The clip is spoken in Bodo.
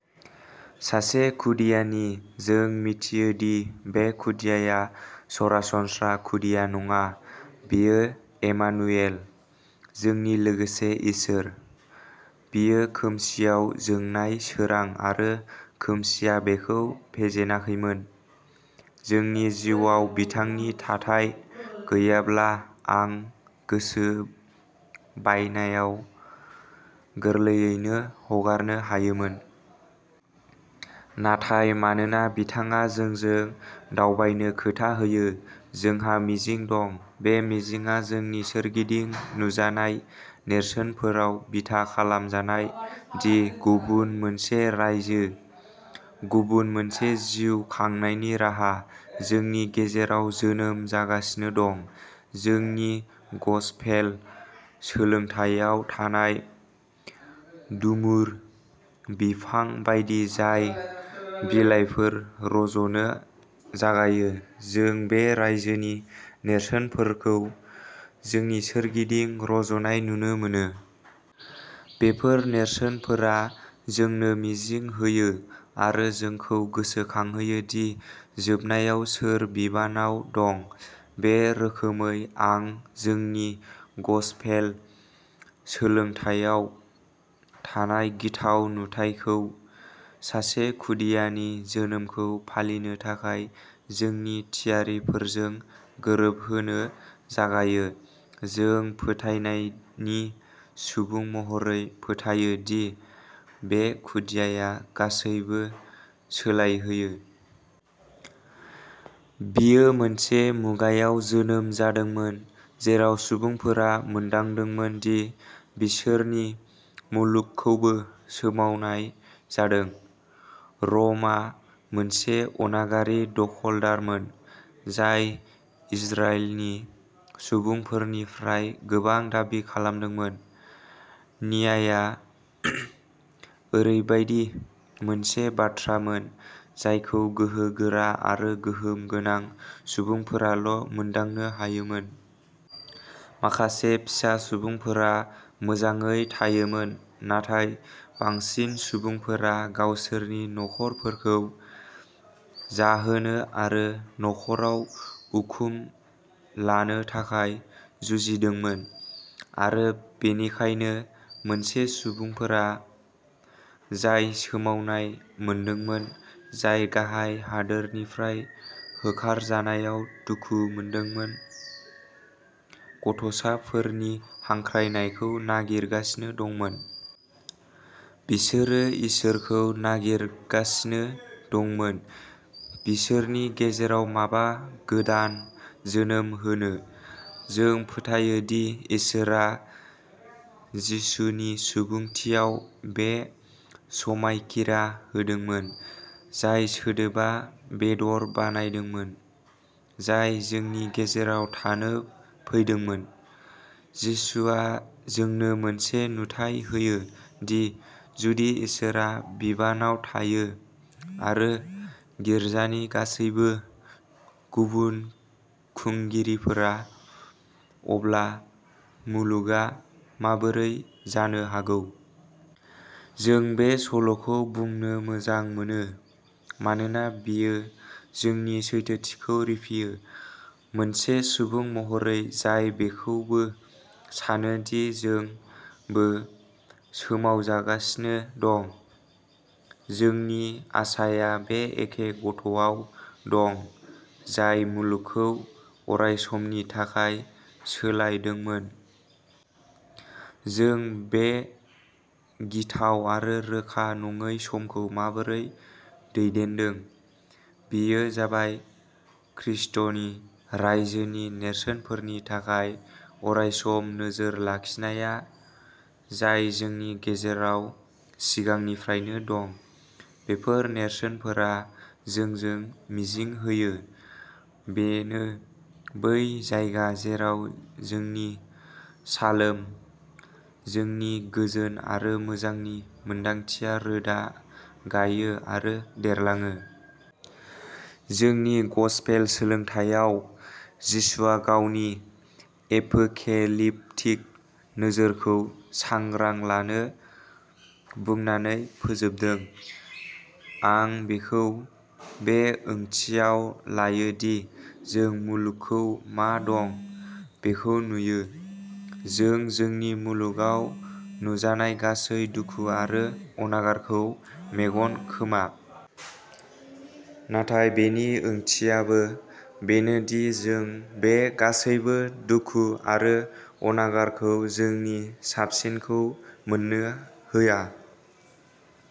सासे खुदियानि जों मिथियो दि बे खुदियाया सरासनस्रा खुदिया नङा बियो इमानुएल, जोंनि लोगोसे इसोर। बियो खोमसिआव जोंनाय सोरां आरो खोमसिआ बिखौ फेजेनाखैमोन। जोंनि जिउआव बिथांनि थाथाय गैयाब्ला आं गोसो बायनायाव गोरलैयैनो हगारनो हायोमोन। नाथाय मानोना बिथाङा जोंजों दावबायनो खोथा होयो, जोंहा मिजिं दं। बे मिजिंआ जोंनि सोरगिदिं नुजानाय नेरसोनफोराव बिथा खालामजानाय दि गुबुन मोनसे रायजो, गुबुन मोनसे जिउ खांनायनि राहा, जोंनि गेजेराव जोनोम जागासिनो दं। जोंनि गसपेल सोलोंथायाव थानाय डुमुर बिफां बायदि जाय बिलाइफोर रज'नो जागायो, जों बे रायजोनि नेरसोनफोरखौ जोंनि सोरगिदिं रज'नाय नुनो मोनो। बेफोर नेरसोनफोरा जोंनो मिजिं होयो आरो जोंखौ गोसोखांहोयो दि जोबनायाव सोर बिबानआव दं। बे रोखोमै आं जोंनि गसपेल सोलोंथायाव थानाय गिथाव नुथायखौ सासे खुदियानि जोनोमखौ फालिनो थाखाय जोंनि थियारिफोरजों गोरोबहोनो जागायो। जों, फोथायनायनि सुबुं महरै, फोथायो दि बे खुदियाया गासैबो सोलायहोयो। बियो मोनसे मुगायाव जोनोम जादोंमोन जेराव सुबुंफोरा मोनदांदोंमोन दि बिसोरनि मुलुगखौबो सोमावनाय जादों। रमआ मोनसे अनागारि दखलदारमोन जाय इजराइलनि सुबुंफोरनिफ्राय गोबां दाबि खालामदोंमोन। न्यायआ ओरैबायदि मोनसे बाथ्रामोन जायखौ गोहो गोरा आरो गोहोम गोनां सुबुंफोराल' मोनदांनो हायोमोन। माखासे फिसा सुबुंफोरा मोजाङै थायोमोन, नाथाय बांसिन सुबुंफोरा गावसोरनि नखरफोरखौ जाहोनो आरो खर'आव उखुम लानो थाखाय जुजिदोंमोन। आरो बेनिखायनो, मोनसे सुबुंफोरा जाय सोमावनाय मोनदोंमोन, जाय गाहाय हादोरनिफ्राय होखारजानायाव दुखु मोनदोंमोन, गथ'साफोरनि हांख्रायनायखौ नागिरगासिनो दंमोन। बिसोरो इसोरखौ नागिरगासिनो दंमोन बिसोरनि गेजेराव माबा गोदान जोनोम होनो। जों फोथायोदि इसोरआ जिसुनि सुबुंथियाव बे समायखिरा होदोंमोन, जाय सोदोबा बेदर बानायदोंमोन, जाय जोंनि गेजेराव थानो फैदोंमोन। जिसुआ जोंनो मोनसे नुथाय होयो दि जुदि इसोरआ बिबानआव थायो आरो गिर्जानि गासैबो गुबुन खुंगिरिफोरा, अब्ला मुलुगआ माबोरै जानो हागौ। जों बे सल'खौ बुंनो मोजां मोनो मानोना बेयो जोंनि सैथोथिखौ रिफियो। मोनसे सुबुं महरै जाय बेखौबो सानो दि जों बो सोमावजागासिनो दं, जोंनि आसाया बे एखे गथ'आव दं जाय मुलुगखौ अरायसमनि थाखाय सोलायदोंमोन। जों बे गिथाव आरो रोखा नङै समखौ माबोरै दैदेनदों, बेयो जाबाय ख्रीष्टनि रायजोनि नेरसोनफोरनि थाखाय अरायसम नोजोर लाखिनाया जाय जोंनि गेजेराव सिगांनिफ्रायनो दं। बेफोर नेरसोनफोरा जोंनो मिजिं होयो। बेनो बै जायगा जेराव जोंनि शालोम, जोंनि गोजोन आरो मोजांनि मोनदांथिया रोदा गायो आरो देरलाङो। जोंनि गसपेल सोलोंथायाव, जिसुआ गावनि एपोकेलिप्टिक नोजोरखौ सांग्रां जानो बुंनानै फोजोबदों। आं बेखौ बे ओंथियाव लायो दि जों मुलुगखौ मा दं बेखौ नुयो। जों जोंनि मुलुगाव नुजानाय गासै दुखु आरो अनागारखौ मेगन खोमा। नाथाय बेनि ओंथियाबो बेनो दि जों बे गासैबो दुखु आरो अनागारखौ जोंनि साबसिनखौ मोननो होआ।